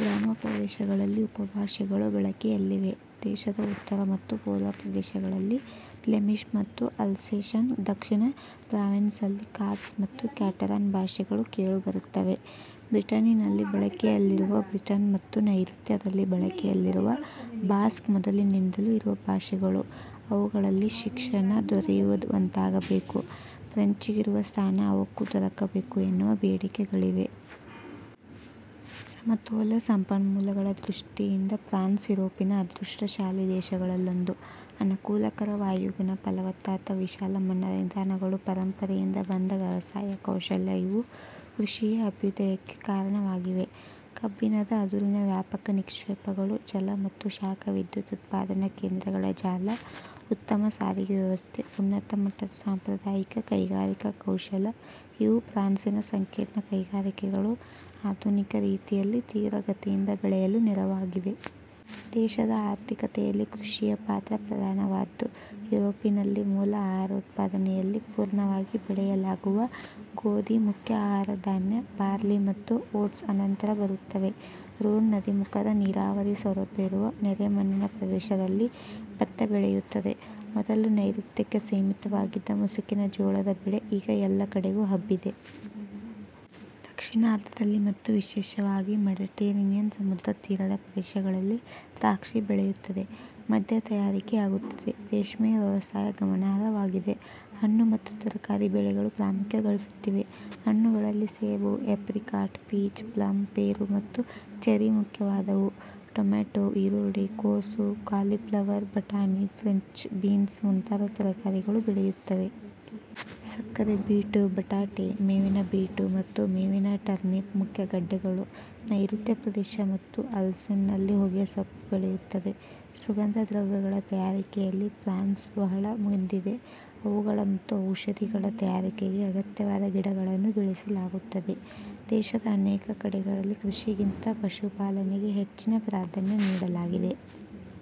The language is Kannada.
ಗ್ರಾಮ ಪ್ರದೇಶಗಳಲ್ಲಿ ಉಪಭಾಷೆಗಳು ಬಳಕೆಯಲ್ಲಿವೆ. ದೇಶದ ಉತ್ತರ ಮತ್ತು ಪೂರ್ವ ಪ್ರದೇಶಗಳಲ್ಲಿ ಫ್ಲೆಮಿಷ್ ಮತ್ತು ಅಲ್ಸೇಷನ್ ದಕ್ಷಿಣ ಪ್ರಾವೆನ್ನ್ನಲ್ಲಿ ಕಾರ್ಸ್ ಮತ್ತು ಕ್ಯಾಟರಾನ್ ಭಾಷೆಗಳು ಕೇಳುಬರುತ್ತವೆ. ಬ್ರಿಟನಿಯಲ್ಲಿ ಬಳಕೆಯಲ್ಲಿರುವ ಬ್ರಿಟನ್ ಮತ್ತು ನೈಋತ್ಯದಲ್ಲಿ ಬಳಕೆಯಲ್ಲಿರುವ ಬಾಸ್ಕ್ ಮೊದಲಿನಿಂದಲೂ ಇರುವ ಭಾಷೆಗಳು. ಅವುಗಳಲ್ಲಿ ಶಿಕ್ಷಣ ದೊರೆಯುವಂತಾಗಬೇಕು, ಫ್ರೆಂಚಿಗಿರುವ ಸ್ಥಾನ ಅವಕ್ಕೂ ದೊರಕಬೇಕು ಎನ್ನುವ ಬೇಡಿಕೆಗಳಿವೆ. ಸಮತೋಲ ಸಂಪನ್ಮೂಲಗಳ ದೃಷ್ಟಿಯಿಂದ ಫ್ರಾನ್ಸ್ ಯುರೋಪಿನ ಅದೃಷ್ಟ ಶಾಲಿ ದೇಶಗಳಲ್ಲೊಂದು. ಅನಕೂಲಕರ ವಾಯುಗುಣ, ಫಲವತ್ತಾದ ವಿಶಾಲ ಮೈದಾನಗಳು, ಪರಂಪರೆಯಿಂದ ಬಂದ ವ್ಯವಸಾಯ ಕೌಶಲ್ಯ ಇವು ಕೃಷಿಯ ಅಭ್ಯುದಯಕ್ಕೆ ಕಾರಣವಾಗಿವೆ. ಕಬ್ಬಿಣದ ಅದುರಿನ ವ್ಯಾಪಕ ನಿಕ್ಷೇಪಗಳು, ಜಲ ಮತ್ತು ಶಾಖ ವಿದ್ಯುತ್ ಉತ್ಪಾದನ ಕೇಂದ್ರಗಳ ಜಾಲ, ಉತ್ತಮ ಸಾರಿಗೆ ವ್ಯವಸ್ಥೆ, ಉನ್ನತ ಮಟ್ಟದ ಸಾಂಪ್ರದಾಯಿಕ ಕೈಗಾರಿಕಾ ಕೌಶಲ ಇವು ಫ್ರಾನ್ಸಿನ ಸಂಕೀರ್ಣ ಕೈಗಾರಿಕೆಗಳು ಆಧುನಿಕ ರೀತಿಯಲ್ಲಿ ತೀವ್ರಗತಿಯಿಂದ ಬೆಳೆಯಲು ನೆರವಾಗಿವೆ. ದೇಶದ ಆರ್ಥಿಕತೆಯಲ್ಲಿ ಕೃಷಿಯ ಪಾತ್ರ ಪ್ರಧಾನವಾದ್ದು. ಯುರೋಪಿನಲ್ಲಿ ಮೂಲ ಆಹಾರೋತ್ಪಾದನೆಯಲ್ಲಿ ಪೂರ್ಣವಾಗಿ ಬೆಳೆಯಲಾಗುವ ಗೋಧಿ ಮುಖ್ಯ ಆಹಾರಧಾನ್ಯ, ಬಾರ್ಲಿ ಮತ್ತು ಓಟ್ಸ್ ಅನಂತರ ಬರುತ್ತವೆ. ರೋನ್ ನದೀಮುಖದ, ನೀರಾವರಿ ಸೌಲಭ್ಯವಿರುವ, ನೆರೆಮಣ್ಣಿನ ಪ್ರದೇಶದಲ್ಲಿ ಭತ್ತ ಬೆಳೆಯುತ್ತದೆ. ಮೊದಲು ನೈಋತ್ಯಕ್ಕೆ ಸೀಮಿತವಾಗಿದ್ದ ಮುಸುಕಿನ ಜೋಳದ ಬೆಳೆ ಈಗ ಎಲ್ಲ ಕಡೆಗೂ ಹಬ್ಬಿದೆ. ದಕ್ಷಿಣಾರ್ಧದಲ್ಲಿ ಮತ್ತು ವಿಶೇಷವಾಗಿ ಮೆಡೆಟರೇನಿಯನ್ ಸಮುದ್ರತೀರದ ಪ್ರದೇಶಗಳಲ್ಲಿ ದ್ರಾಕ್ಷಿ ಬೆಳೆಯುತ್ತದೆ. ಮದ್ಯ ತಯಾರಿಕೆಯಾಗುತ್ತಿದೆ. ರೇಷ್ಮೆಯ ವ್ಯವಸಾಯ ಗಮನಾರ್ಹವಾಗಿದೆ, ಹಣ್ಣು ಮತ್ತು ತರಕಾರಿ ಬೆಳೆಗಳು ಪ್ರಾಮುಖ್ಯಗಳಿಸುತ್ತಿವೆ. ಹಣ್ಣುಗಳಲ್ಲಿ ಸೇಬು, ಏಪ್ರಿಕಾಟ್, ಪೀಚ್, ಪ್ಲಮ್, ಪೇರು ಮತ್ತು ಚೆರಿ ಮುಖ್ಯವಾದವು. ಟೊಮೇಟೊ, ಈರುಳ್ಳಿ, ಕೋಸು, ಕಾಲಿಫ್ಲವರ್, ಬಟಾಣಿ, ಫ್ರೆಂಚ್ ಬೀನ್ಸ್ ಮುಂತಾದ ತರಕಾರಿಗಳು ಬೆಳೆಯುತ್ತವೆ. ಸಕ್ಕರೆಬೀಟು, ಬಟಾಟೆ, ಮೇವಿನಬೀಟು ಮತ್ತು ಮೇವಿನ ಟರ್ನಿಪ್ ಮುಖ್ಯ ಗಡ್ಡೆಗಳು. ನ್ಯೆಋತ್ಯ ಪ್ರದೇಶ ಮತ್ತು ಅಲ್ಸೇಸ್ನಲ್ಲಿ ಹೊಗೆಸೊಪ್ಪು ಬೆಳೆಯುತ್ತದೆ. ಸುಗಂಧ ದ್ರವ್ಯಗಳ ತಯಾರಿಕೆಯಲ್ಲಿ ಫ್ರಾನ್ಸ್ ಬಹಳ ಮುಂದಿದೆ. ಅವುಗಳ ಮತ್ತು ಔಷಧಿಗಳ ತಯಾರಿಕೆಗೆ ಅಗತ್ಯವಾದ ಗಿಡಗಳನ್ನು ಬೆಳೆಸಲಾಗುತ್ತದೆ. ದೇಶದ ಅನೇಕ ಕಡೆಗಳಲ್ಲಿ ಕೃಷಿಗಿಂತ ಪಶುಪಾಲನೆಗೆ ಹೆಚ್ಚಿನ ಪ್ರಾಧಾನ್ಯ ನೀಡಲಾಗಿದೆ.